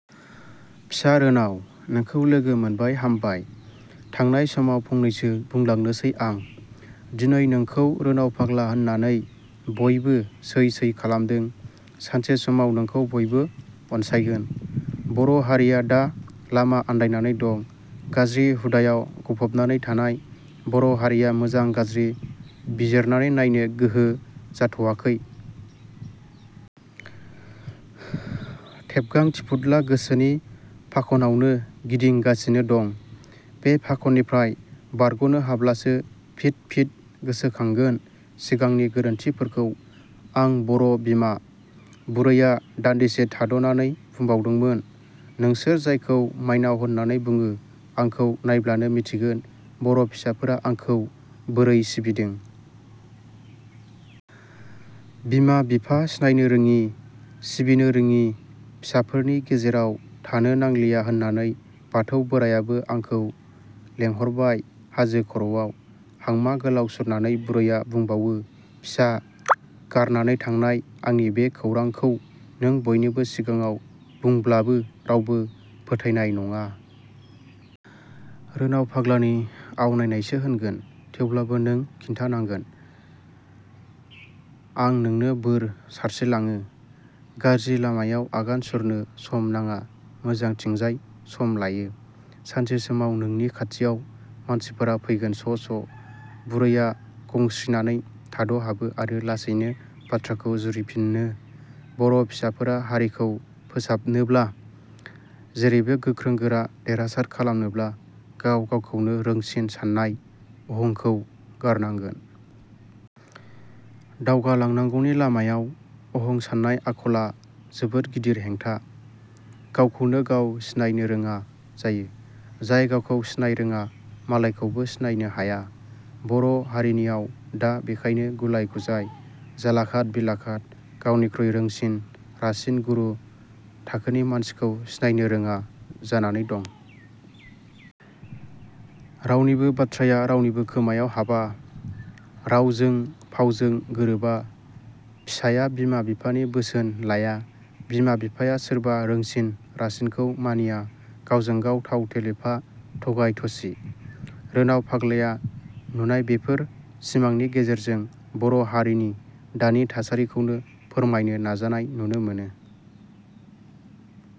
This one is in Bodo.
" फिसा रोनाव, नोंखौ लोगो मोनबाय हामबाय। थांनाय समाव फंनैसो बुंलांनोसै आं। दिनै नोंखौ रोनाव फाग्ला होननानै बयबो सै सै खालामदों। सानसे समाव नोंखौ बयबो अनसायगोन। बर' हारिया दा लामा आनदायनानै दं। गाज्रि हुदायाव गफबनानै थानाय बर' हारिया मोजां गाज्रि बिजिरनानै नायनो गोहो जाथ 'आखै। थेबगां थिफुदला गोसोनि फाखनावनो गिदिं गासिनो दं। बे फाखननिफ्राय बारग'नो हाब्लासो फिद फिद गोसोखांगोन सिंगांनि गोरोन्थिफोरखौ। आं बर' बिमा। बुरैया दानदिसे थाद 'नानै बुंबावदोंमोन, नोंसोर जायखौ माइनाव होननानै बुङो आंखौ नायब्लानो मिथिगोन बर' फिसाफोरा आंखौ बोरै सिबिदों। बिमा बिफा सिनायनो रोङि, सिबिनो रोङि फिसाफोरनि गेजेराव थानो नांलिया होननानै बाथौ बोराइयाबो आंखो लेंहरबाय हाजो खर 'आव। हांमा गोलाउ सुरनानै बुरैया बुंबावो फिसा गारनानै थांनाय आंनि बे खौरांखौ नों बयनिबो सिगाङाव बुंब्लाबो रावबो फोथायनाय नङा। रोनाव फाग्लानि आवनायनायसो होनगोन। थेवब्लाबो नों खिन्थानांगोन। आ नोंनो बोर सारस्रिलाङो। गाज्रि लामायाव आगान सुरनो सम नाङा मोजांथिंजाय सम लायो। सानसे समाव नोंनि खाथियाव मानसिफोरा फैगोन स' स'। बुरैया गंस्रिनानै थाद' हाबो आरो लासैनो बाथ्राखौ जुरिफिनो बर' फिसाफोरा हारिखौ फोसाबनोब्ला, जेरैबो गोख्रों गोरा देरहासाद खालामनोब्ला गाव गावखौनो रोंसिन साननाय अहंखौ गारनांगोन।। दावगालांनांगौनि लामायाव अहं साननाय आखला जोबोर गिदिर हेंथा। गावखौनो गाव सिनायनो रोङा जायो। जाय गावखौ सिनायरोङा मालायखौबो सिनायनो हाया। बर' हारिनियाव दा बेखायनो गुलाय गुजाय, जालाखाद बिलाखाद गावनिख्रुइ रोंसिन रासिन गुरु थाखोनि मानसिखौ सिनायनो रोंङा जानानै दं। रावनिबो बाधाया रावनिबो खोमायाव हाबा। रावजों फावजों गोरोबा फिसाया बिमा बिफानि बोसोन लाया। बिमा बिफाया सोरबा रोंसिन रासिनखौ मानिया। गावजों गाव थाव थेलेफा थगाय थसि। रोनाव फाग्लाया नुनाय बेफोर सिमांनि गेजेरजों बर' हारिनि दानि थासारिखौनो फोरमायनो नाजानाय नुनो मोनो।